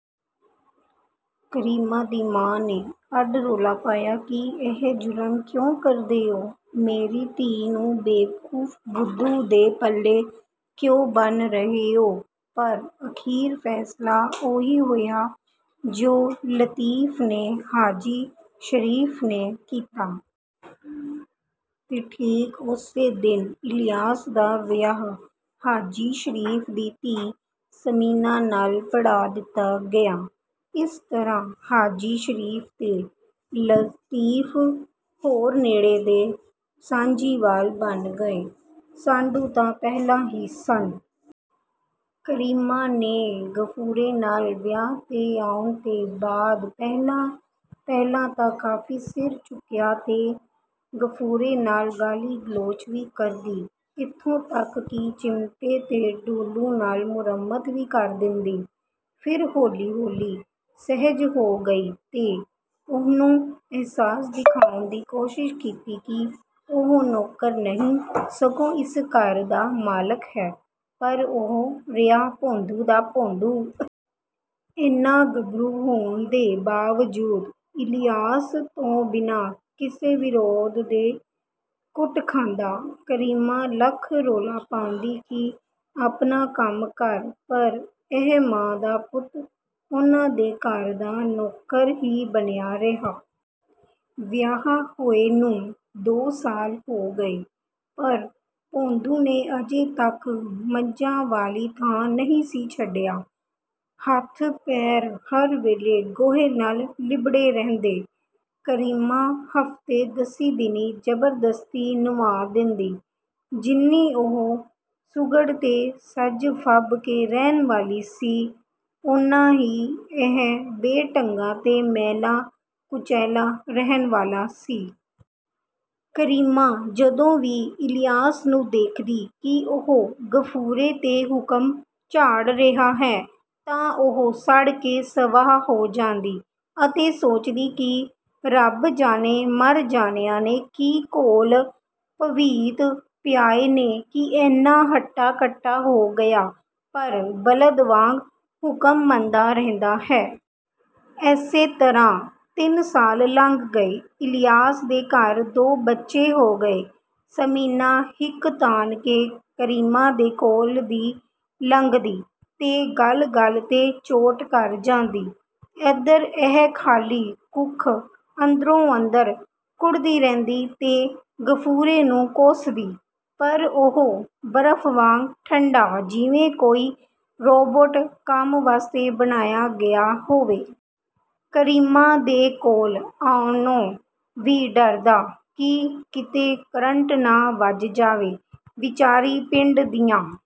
ਕਰੀਮਾਂ ਦੀ ਮਾਂ ਨੇ ਅੱਡ ਰੌਲਾ ਪਾਇਆ ਕਿ ਇਹ ਜ਼ੁਲਮ ਕਿਉਂ ਕਰਦੇ ਓਂ? ਮੇਰੀ ਧੀ ਨੂੰ ਬੇਵਕੂਫ਼, ਬੁੱਧੂ ਦੇ ਪੱਲੇ ਕਿਉਂ ਬੰਨ੍ਹ ਰਹੇ ਓਂ? ਪਰ ਅਖ਼ੀਰ ਫ਼ੈਸਲਾ ਉਹੀ ਹੋਇਆ ਜੋ ਲਤੀਫ਼ ਤੇ ਹਾਜੀ ਸ਼ਰੀਫ਼ ਨੇ ਕੀਤਾ। ਤੇ ਠੀਕ ਓਸੇ ਦਿਨ ਇਲਿਆਸ ਦਾ ਵਿਆਹ ਹਾਜੀ ਸ਼ਰੀਫ਼ ਦੀ ਧੀ ਸਮੀਨਾ ਨਾਲ ਪੜ੍ਹਾ ਦਿੱਤਾ ਗਿਆ। ਇਸ ਤਰ੍ਹਾਂ ਹਾਜੀ ਸ਼ਰੀਫ਼ ਤੇ ਲਤੀਫ਼ ਹੋਰ ਨੇੜੇ ਦੇ ਸਾਂਝੀਵਾਲ ਬਣ ਗਏ। ਸਾਢੂ ਤਾਂ ਪਹਿਲਾਂ ਹੀ ਸਨ। ਕਰੀਮਾਂ ਨੇ ਗਫੂਰੇ ਨਾਲ ਵਿਆਹ ਕੇ ਆਉਣ ਤੋਂ ਬਾਅਦ ਪਹਿਲਾਂ-ਪਹਿਲਾਂ ਤਾਂ ਕਾਫ਼ੀ ਸਿਰ ਚੁੱਕਿਆ ਤੇ ਗਫੂਰੇ ਨਾਲ ਗਾਲੀ-ਗਲੋਚ ਵੀ ਕਰਦੀ। ਇੱਥੋਂ ਤੱਕ ਕਿ ਚਿਮਟੇ ਤੇ ਡੋਲੂ ਨਾਲ ਮੁਰੰਮਤ ਵੀ ਕਰ ਦਿੰਦੀ। ਫਿਰ ਹੌਲੀ-ਹੌਲੀ ਸਹਿਜ ਹੋ ਗਈ ਤੇ ਉਹਨੂੰ ਅਹਿਸਾਸ ਦਿਖਾਉਣ ਦੀ ਕੋਸ਼ਿਸ਼ ਕੀਤੀ ਕਿ ਉਹ ਨੌਕਰ ਨਹੀਂ, ਸਗੋਂ ਇਸ ਘਰ ਦਾ ਮਾਲਕ ਹੈ, ਪਰ ਉਹ ਰਿਹਾ ਭੌਂਦੂ ਦਾ ਭੌਂਦੂ। ਐਨਾ ਗੱਭਰੂ ਹੋਣ ਦੇ ਬਾਵਜੂਦ ਇਲਿਆਸ ਤੋਂ ਬਿਨਾ ਕਿਸੇ ਵਿਰੋਧ ਦੇ ਕੁੱਟ ਖਾਂਦਾ। ਕਰੀਮਾਂ ਲੱਖ ਰੌਲਾ ਪਾਉਂਦੀ ਕਿ ਆਪਣਾ ਕੰਮ ਕਰ, ਪਰ ਇਹ ਮਾਂ ਦਾ ਪੁੱਤ ਉਨ੍ਹਾਂ ਦੇ ਘਰ ਦਾ ਨੌਕਰ ਹੀ ਬਣਿਆ ਰਿਹਾ। ਵਿਆਹ ਹੋਏ ਨੂੰ ਦੋ ਸਾਲ ਹੋ ਗਏ, ਪਰ ਭੌਂਦੂ ਨੇ ਅਜੇ ਤੱਕ ਮੱਝਾਂ ਵਾਲੀ ਥਾਂ ਨਹੀਂ ਸੀ ਛੱਡਿਆ। ਹੱਥ-ਪੈਰ ਹਰ ਵੇਲੇ ਗੋਹੇ ਨਾਲ ਲਿੱਬੜੇ ਰਹਿੰਦੇ। ਕਰੀਮਾਂ ਹਫ਼ਤੇ-ਦਸੀਂ ਦਿਨੀਂ ਜ਼ਬਰਦਸਤੀ ਨਵ੍ਹਾ ਦਿੰਦੀ। ਜਿੰਨੀ ਉਹ ਸੁਘੜ ਤੇ ਸਜ-ਫਬ ਕੇ ਰਹਿਣ ਵਾਲੀ ਸੀ, ਓਨਾ ਹੀ ਇਹ ਬੇਢੰਗਾ ਤੇ ਮੈਲਾ-ਕੁਚੈਲਾ ਰਹਿਣ ਵਾਲਾ ਸੀ। ਕਰੀਮਾਂ ਜਦੋਂ ਵੀ ਇਲਿਆਸ ਨੂੰ ਦੇਖਦੀ ਕਿ ਉਹ ਗਫੂਰੇ 'ਤੇ ਹੁਕਮ ਝਾੜ ਰਿਹਾ ਹੈ, ਤਾਂ ਉਹ ਸੜ ਕੇ ਸਵਾਹ ਹੋ ਜਾਂਦੀ ਅਤੇ ਸੋਚਦੀ ਕਿ ਰੱਬ ਜਾਣੇ ਮਰ ਜਾਣਿਆਂ ਨੇ ਕੀ ਘੋਲ-ਤਵੀਤ ਪਿਆਏ ਨੇ ਕਿ ਐਨਾ ਹੱਟਾ-ਕੱਟਾ ਹੋ ਗਿਆ, ਪਰ ਬਲਦ ਵਾਂਗ ਹੁਕਮ ਮੰਨਦਾ ਰਹਿੰਦਾ ਹੈ। ਏਸੇ ਤਰ੍ਹਾਂ ਤਿੰਨ ਸਾਲ ਲੰਘ ਗਏ। ਇਲਿਆਸ ਦੇ ਘਰ ਦੋ ਬੱਚੇ ਹੋ ਗਏ। ਸਮੀਨਾ ਹਿੱਕ ਤਾਣ ਕੇ ਕਰੀਮਾਂ ਦੇ ਕੋਲ ਦੀ ਲੰਘਦੀ ਤੇ ਗੱਲ-ਗੱਲ 'ਤੇ ਚੋਟ ਕਰ ਜਾਂਦੀ। ਐਧਰ ਇਹ ਖਾਲੀ ਕੁੱਖ, ਅੰਦਰੋ-ਅੰਦਰ ਕੁੜ੍ਹਦੀ ਰਹਿੰਦੀ ਤੇ ਗਫੂਰੇ ਨੂੰ ਕੋਸਦੀ, ਪਰ ਉਹ ਬਰਫ਼ ਵਾਂਗ ਠੰਢਾ, ਜਿਵੇਂ ਕੋਈ ਰੋਬੋਟ ਕੰਮ ਵਾਸਤੇ ਬਣਾਇਆ ਗਿਆ ਹੋਵੇ। ਕਰੀਮਾਂ ਦੇ ਕੋਲ ਆਉਣੋਂ ਵੀ ਡਰਦਾ ਕਿ ਕਿਤੇ ਕਰੰਟ ਨਾ ਵੱਜ ਜਾਵੇ। ਵਿਚਾਰੀ ਪਿੰਡ ਦੀਆਂ...